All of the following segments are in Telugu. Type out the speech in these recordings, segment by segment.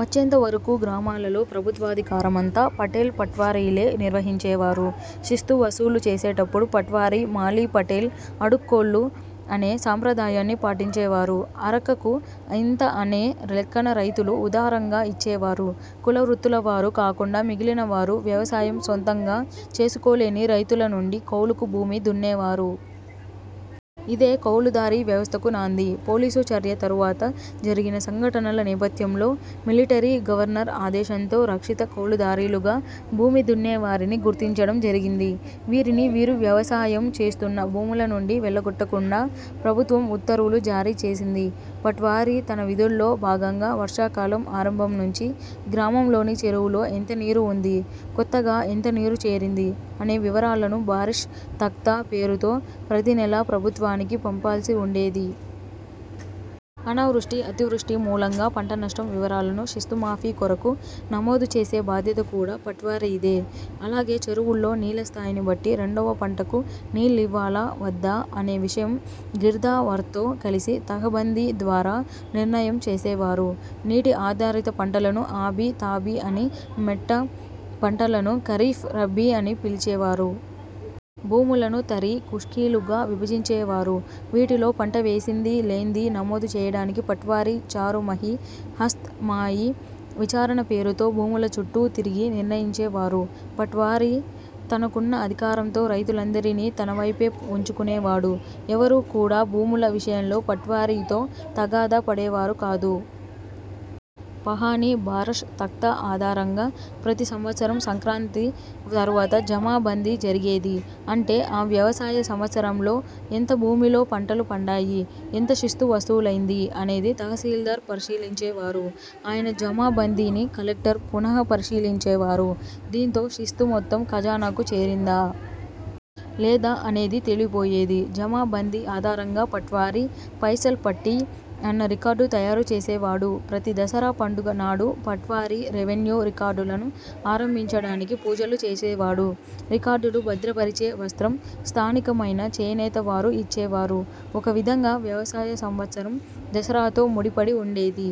వచ్చేంత వరకూ గ్రామాలలో ప్రభుత్వాధికారమంతా పటేల్ పట్వారీలే నిర్వహించేవారు. శిస్తు వసూలు చేసేటప్పుడు పట్వారీ, మాలీ పటేల్ అడుక్కోళ్లు అనే సాంప్రదాయాన్ని పాటించేవారు. ''అరక''కు ఇంత అనే లెక్కన రైతులు ఉదారంగా ఇచ్చేవారు. కుల వృత్తులవారు కాకుండా మిగిలినవారు, వ్యవసాయం సొంతంగా చేసుకోలేని రైతుల నుండి కౌలుకు భూమి దున్నేవారు. ఇదే కౌలుదారీ వ్యవస్థకు నాంది. పోలీసు చర్య తరువాత జరిగిన సంఘటనల నేపథ్యంలో మిలిటరీ గవర్నర్ ఆదేశంతో రక్షిత కౌలుదారీలుగా భూమిదున్నేవారిని గుర్తించడం జరిగింది. వీరిని, వీరు వ్యవసా యం చేస్తున్న భూముల నుండి వెళ్లగొట్టకుండా ప్రభుత్వం ఉత్తర్వులు జారీ చేసింది. పట్వారీ తన విధుల్లో భాగంగా, వర్షాకాలం ఆరంభం నుంచి, గ్రామంలోని చెరువులో ఎంత నీరు వుంది, కొత్తగా ఎంత నీరు చేరింది అనే వివరాలను ''బారిష్ తఖ్తా'' పేరుతో ప్రతి నెలా ప్రభుత్వానికి పంపాల్సి వుండేది. అనావృష్టి, అతివృష్టి మూలంగా పంట నష్టం వివరాలను, శిస్తు మాఫీ కొరకు నమోదు చేసే బాధ్యత కూడా పట్వారీదే. అలాగే చెరువుల్లో నీళ్ల స్థాయిని బట్టి రెండవ పంటకు నీళ్లివ్వాలా? వద్దా? అనే విషయం గిర్దావర్తో కలిసి ''తహబంధీ'' ద్వారా నిర్ణయం చేసేవారు. నీటి ఆధారిత పంటలను ఆబి, తాబి అని, మెట్ట పంటలను ఖరీఫ్, రబ్బీ అని పిలిచేవారు. భూములను తరీ, ఖుష్కీలుగా విభజించేవారు. వీటిలో పంట వేసిందీ, లేందీ నమోదు చేయడానికి పట్వారీ ''చారుమహి'', ''హస్త్ మాయి'' విచారణ పేరుతో భూముల చుట్టూ తిరిగి నిర్ణయించేవారు. పట్వారీ తనకున్న అధికారంతో రైతులందరినీ తనవైపే వుంచుకునేవాడు. ఎవరు కూడా భూముల విషయంలో పట్వారీతో తగాదా పడేవారు కాదు. పహాణీ, బారష్ తఖ్తా ఆధారంగా ప్రతి సంవత్సరం సంక్రాంతి తరువాత ''జమా బందీ'' జరిగేది. అంటే, ఆ వ్యవసాయ సంవత్సరంలో ఎంత భూమిలో పంటలు పండాయి, ఎంత శిస్తు వసూలైందీ అనేది తహసీల్దార్ పరిశీలించేవారు. ఆయన జమా బందీని కలెక్టర్ పునఃపరిశీలించేవారు. దీంతో శిస్తు మొత్తం ఖజానాకు చేరిందా? లేదా? అనేది తేలిపోయేది. జమా బందీ ఆధారంగా పట్వారీ ''పైసల్ పట్టీ'' అన్న రికార్డు తయారు చేసేవాడు. ప్రతి దసరా పండుగ నాడు పట్వారీ రెవెన్యూ రికార్డులను ఆరంభించడానికి పూజలు చేసేవాడు. రికార్డులు భద్రపరిచే వస్త్రం స్థానికమైన చేనేత వారు ఇచ్చేవారు. ఒక విధంగా వ్యవసాయ సంవత్సరం దసరాతో ముడిపడి వుండేది.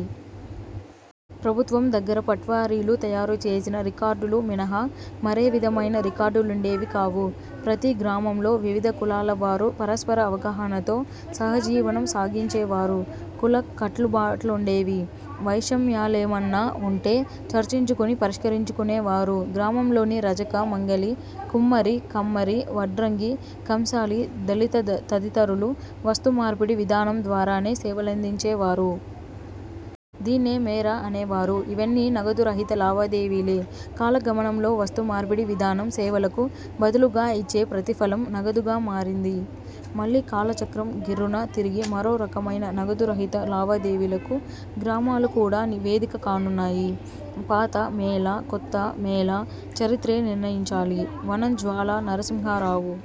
ప్రభుత్వం దగ్గర పట్వారీలు తయారు చేసిన రికార్డులు మినహా మరే విధమైన రికార్డులుండేవి కావు. ప్రతీ గ్రామంలో వివిధ కులాల వారు పరస్పర అవగాహనతో సహజీవనం సాగించేవారు. కుల కట్టుబాట్లుండేవి. వైషమ్యాలేమన్నా వుంటే చర్చించుకుని పరిష్కరించుకునేవారు. గ్రామంలోని రజక, మంగలి, కుమ్మరి, కమ్మరి, వడ్రంగి, కంసాలి, దళిత తదితరులు వస్తుమార్పిడి విధానం ద్వారానే సేవలందించేవారు. దీన్నే మేర అనేవారు. ఇవన్నీ నగదు రహిత లావాదేవీలే. కాల గమనంలో, వస్తు మార్పిడి విధానం సేవలకు బదులుగా ఇచ్చే ప్రతిఫలం, నగదుగా మారింది. మళ్లీ కాల చక్రం గిర్రున తిరిగి మరో రకమైన నగదు రహిత లావాదేవీలకు గ్రామాలు కూడా వేదిక కానున్నాయి. ''పాత'' మేలా? ''కొత్త'' మేలా? చరిత్రే నిర్ణయించాలి! -వనం జ్వాలా నరసింహారావు